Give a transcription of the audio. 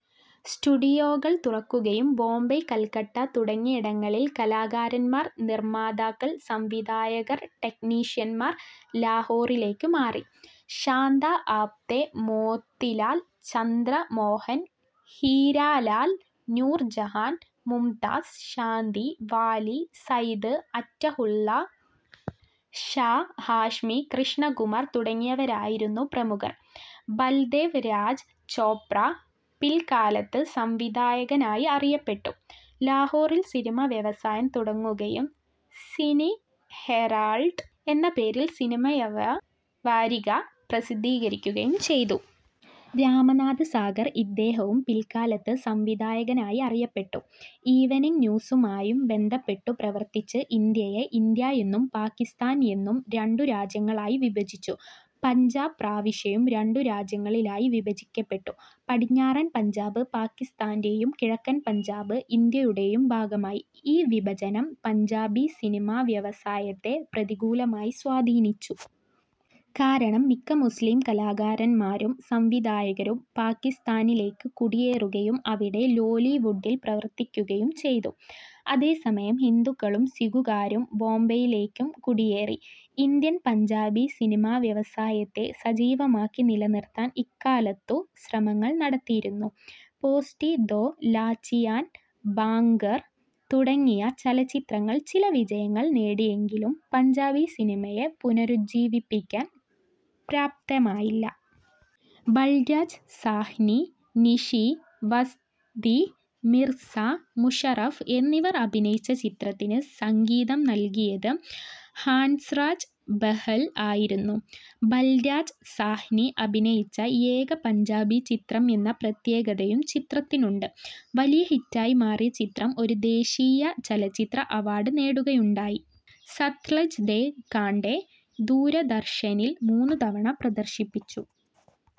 സ്റ്റുഡിയോകൾ തുറക്കുകയും ബോംബെ, കൽക്കട്ട തുടങ്ങിയിടങ്ങളിലെ കലാകാരന്മാർ, നിർമാതാക്കൾ, സംവിധായകർ, ടെക്നീഷ്യന്മാർ ലാഹോറിലേക്കു മാറി. ശാന്ത ആപ്തെ, മോത്തിലാൽ, ചന്ദ്ര മോഹൻ, ഹീരാലാൽ, നൂർ ജഹാൻ, മുംതാസ് ശാന്തി, വാലി, സയ്ദ് അറ്റഹുള്ള ഷാ ഹാഷ്മി, കൃഷ്ണ കുമാർ തുടങ്ങിയവരായിരുന്നു പ്രമുഖർ. ബൽദേവ് രാജ് ചോപ്ര, പിൽകാലത്ത് സംവിധായകനായി അറിയപ്പെട്ടു, ലാഹോറിൽ സിനിമ വ്യവസായം തുടങ്ങുകയും സിനി ഹെറാൾഡ് എന്ന പേരിൽ സിനിമാവാരിക പ്രസിദ്ധീകരിക്കുകയും ചെയ്തു. രാമാനന്ദ് സാഗർ, ഇദ്ദേഹവും പിൽകാലത്ത് സംവിധായകനായി അറിയപ്പെട്ടു, ഈവെനിംഗ് ന്യൂസുമായും ബന്ധപ്പെട്ടു പ്രവർത്തിച്ചു. ഇന്ത്യയെ ഇന്ത്യ എന്നും പാകിസ്താൻ എന്നും രണ്ടു രാജ്യങ്ങളായി വിഭജിച്ചു. പഞ്ചാബ് പ്രവിശ്യയും രണ്ടു രാജ്യങ്ങളിലായി വിഭജിക്കപ്പെട്ടു. പടിഞ്ഞാറൻ പഞ്ചാബ് പാകിസ്താന്റെയും കിഴക്കൻ പഞ്ചാബ് ഇന്ത്യയുടേയും ഭാഗമായി. ഈ വിഭജനം പഞ്ചാബി സിനിമാവ്യവസായത്തെ പ്രതികൂലമായി സ്വാധീനിച്ചു. കാരണം മിക്ക മുസ്ലിം കലാകാരന്മാരും സംവിധായകരും പാകിസ്താനിലേക്ക് കുടിയേറുകയും അവിടെ ലോലിവുഡിൽ പ്രവർത്തിക്കുകയും ചെയ്തു. അതേ സമയം ഹിന്ദുക്കളും സിഖുകാരും ബോംബൈയിലേക്കും കുടിയേറി. ഇന്ത്യൻ പഞ്ചാബി സിനിമാവ്യവസായത്തെ സജീവമാക്കി നിലനിർത്താൻ ഇക്കാലത്തു ശ്രമങ്ങൾ നടത്തിയിരുന്നു. പോസ്റ്റി, ദോ ലാച്ചിയാൻ, ഭാംഗ്റ തുടങ്ങിയ ചലച്ചിത്രങ്ങൾ ചില വിജയങ്ങൾ നേടിയെങ്കിലും പഞ്ചാബി സിനിമയെ പുനരുജ്ജീവിപ്പിക്കാൻ പര്യാപ്തമായില്ല. ബൽരാജ് സാഹ്നി, നിഷി, വസ്തി, മിർസ മുഷറഫ് എന്നിവർ അഭിനയിച്ച ചിത്രത്തിന് സംഗീതം നൽകിയത് ഹാൻസ്രാജ് ബെഹ്ൽ ആയിരുന്നു. ബൽരാജ് സാഹ്നി അഭിനയിച്ച ഏക പഞ്ചാബി ചിത്രം എന്ന പ്രത്യേകതയും ചിത്രത്തിനുണ്ട്. വലിയ ഹിറ്റായി മാറിയ ചിത്രം ഒരു ദേശീയ ചലച്ചിത്ര അവാർഡും നേടുകയുണ്ടായി. സത്ലജ് ദെ കാണ്ടേ ദൂരദർശനിൽ മൂന്നു തവണ പ്രദർശിപ്പിച്ചു.